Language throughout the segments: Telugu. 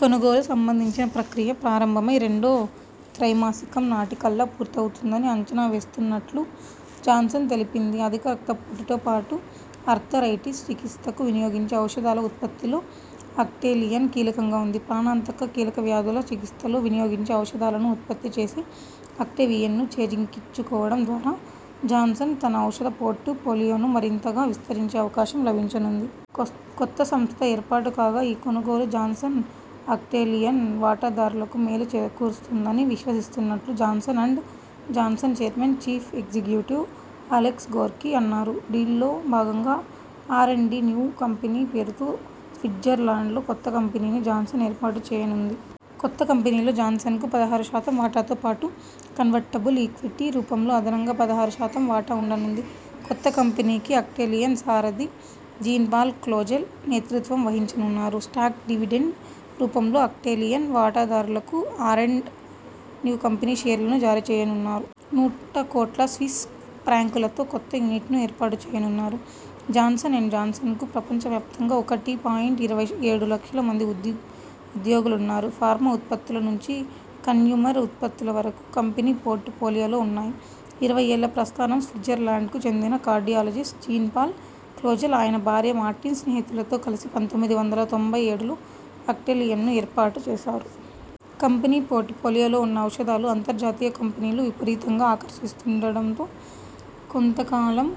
కొనుగోలు సంబంధించిన ప్రక్రియ ప్రారంభమై రెండో త్రైమాసికం నాటి కల్లా పూర్తవుతుందని అంచనా వేస్తున్నట్లు జాన్సన్ తెలిపింది. అధిక రక్తపోటుతో పాటు ఆర్థరైటిస్ చికిత్సకు వినియోగించే ఔషధాల ఉత్పత్తిలో అక్టేలియన్ కీలకంగా ఉంది. ప్రాణాంతక, కీలక వ్యాధుల చికిత్సలో వినియోగించే ఔషధాలను ఉత్పత్తి చేసి అక్టేవియన్ను చేజిక్కించుకోవటం ద్వారా జాన్సన్ తన ఔషధ పోర్టు ఫోలియోను మరింతగా విస్తరించే అవకాశం లభించనుంది. కొత్త సంస్థ ఏర్పాటు కాగా ఈ కొనుగోలు జాన్సన్, అక్టేలియన్ వాటాదారులకు మేలు చేకూరుస్తుందని విశ్వసిస్తున్నట్లు Johnson and Johnson chairman, chief executive Alex Gorsky అన్నారు. డీల్లో భాగంగా R and D new company పేరుతో స్విట్జర్లాండ్లో కొత్త కంపెనీని జాన్సన్ ఏర్పాటు చేయనుంది. కొత్త కంపెనీలో జాన్సన్కు పదహారు శాతం వాటాతో పాటు కన్వర్టబుల్ ఈక్విటీ రూపంలో అదనంగా పదహారు శాతం వాటా ఉండనుంది. కొత్త కంపెనీకి అక్టేలియన్ సారథి జీన్ పాల్ క్లోజెల్ నేతృత్వం వహించనున్నారు. స్టాక్ డివిడెండ్ రూపంలో అక్టేలియన్ వాటాదారులకు ఆర్ అండ్ న్యూ కంపెనీ షేర్లను జారీ చేయనున్నారు. నూట్ట కోట్ల స్విస్ ఫ్రాంకులతో కొత్త యూనిట్ను ఏర్పాటు చేయనున్నారు. జాన్సన్ అండ్ జాన్సన్కు ప్రపంచవ్యాప్తంగా ఒకటి పాయింట్ ఇరవై ఏడు లక్షల మంది ఉద్యోగులున్నారు. ఫార్మా ఉత్పత్తుల నుంచి కన్స్యూమర్ ఉత్పత్తుల వరకు కంపెనీ పోర్టు ఫోలియోలో ఉన్నాయి. ఇరవై ఏళ్ల ప్రస్థానం స్విట్జర్లాండ్కు చెందిన కార్డియాలజిస్ట్ జీన్ పాల్ క్లోజెల్, ఆయన భార్య మార్టిన్, స్నేహితులతో కలిసి పంతొమ్మిది వందల తొంభై ఏడులో అక్టేలియన్ను ఏర్పాటు చేశారు. కంపెనీ పోర్టు ఫోలియోలో ఉన్న ఔషధాలు అంతర్జాతీయ కంపెనీలు విపరీతంగా ఆకర్షిస్తుండటంతో కొంతకాలం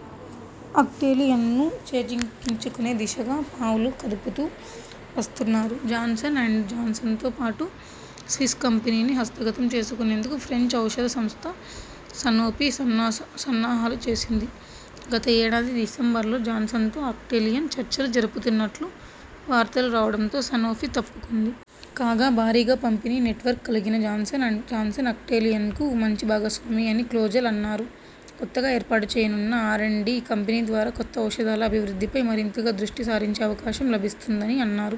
అక్టేలియన్ను చేజిక్కించునే దిశగా పావులు కదుపుతూ వస్తున్నాయి. జాన్సన్ అండ్ జాన్సన్తో పాటు స్విస్ కంపెనీని హస్తగతం చేసుకునేందుకు ఫ్రెంచ్ ఔషధ సంస్థ సనోఫి సన్నాస్ సన్నాహాలు చేసింది. గత ఏడాది డిసెంబరులో జాన్సన్తో అక్టేలియన్ చర్చలు జరుపుతున్నట్లు వార్తలు రావటంతో సనోఫి తప్పుకుంది. కాగా భారీగా పంపిణీ నెట్వర్క్ కలిగిన జాన్సన్ అండ్ జాన్సన్ అక్టేలియన్కు మంచి భాగస్వామి అని క్లోజెల్ అన్నారు. కొత్తగా ఏర్పాటు చేయనున్న ఆర్ అండ్ డి కంపెనీ ద్వారా కొత్త ఔషధాల అభివృద్ధిపై మరింతగా దృష్టి సారించే అవకాశం లభిస్తుందని అన్నారు.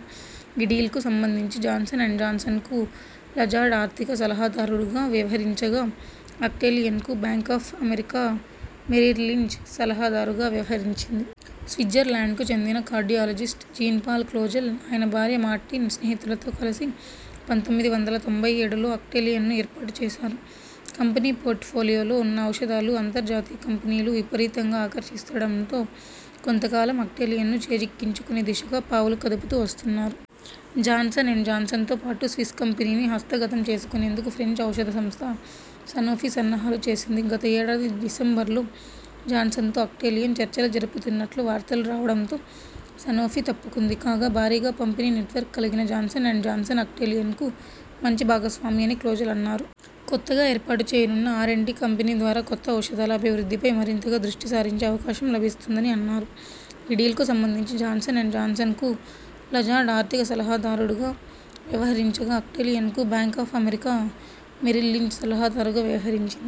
ఈ డీల్కు సంబంధించి జాన్సన్ అండ్ జాన్సన్కు లజార్డ్ ఆర్థిక సలహాదారుగా వ్యవహరించగా అక్టేలియన్కు బ్యాంక్ ఆఫ్ అమెరికా మెరిల్లించ్ సలహాదారుగా వ్యవహరించింది. స్విట్జర్లాండ్కు చెందిన కార్డియాలజిస్ట్ జీన్ పాల్ క్లోజెల్, ఆయన భార్య మార్టిన్, స్నేహితులతో కలిసి పంతొమ్మిది వందల తొంభై ఏడులో అక్టేలియన్ను ఏర్పాటు చేశారు. కంపెనీ పోర్టు ఫోలియోలో ఉన్న ఔషధాలు అంతర్జాతీయ కంపెనీలు విపరీతంగా ఆకర్షిస్తండటంతో కొంతకాలంగా అక్టేలియన్ను చేజిక్కించునే దిశగా పావులు కదుపుతూ వస్తున్నాయి. జాన్సన్ అండ్ జాన్సన్తో పాటు స్విస్ కంపెనీని హస్త గతం చేసుకునేందుకు ఫ్రెంచ్ ఔషధ సంస్థ సనోఫి సన్నాహాలు చేసింది. గత ఏడాది డిసెంబరులో జాన్సన్తో అక్టేలియన్ చర్చలు జరుపుతున్నట్లు వార్తలు రావటంతో సనోఫి తప్పుకుంది. కాగా భారీగా పంపిణీ నెట్వర్క్ కలిగిన జాన్సన్ అండ్ జాన్సన్ అక్టేలియన్కు మంచి భాగస్వామి అని క్లోజెల్ అన్నారు. కొత్తగా ఏర్పాటు చేయనున్న ఆర్ అండ్ డి కంపెనీ ద్వారా కొత్త ఔషధాల అభివృద్ధిపై మరింతగా దృష్టి సారించే అవకాశం లభిస్తుందని అన్నారు. ఈ డీల్కు సంబంధించి జాన్సన్ అండ్ జాన్సన్కు లజార్డ్ ఆర్థిక సలహాదారుడుగా వ్యవహరించగా అక్టేలియన్కు బ్యాంక్ ఆఫ్ అమెరికా మెరిల్లించ్ సలహాదారుగా వ్యవహరించింది.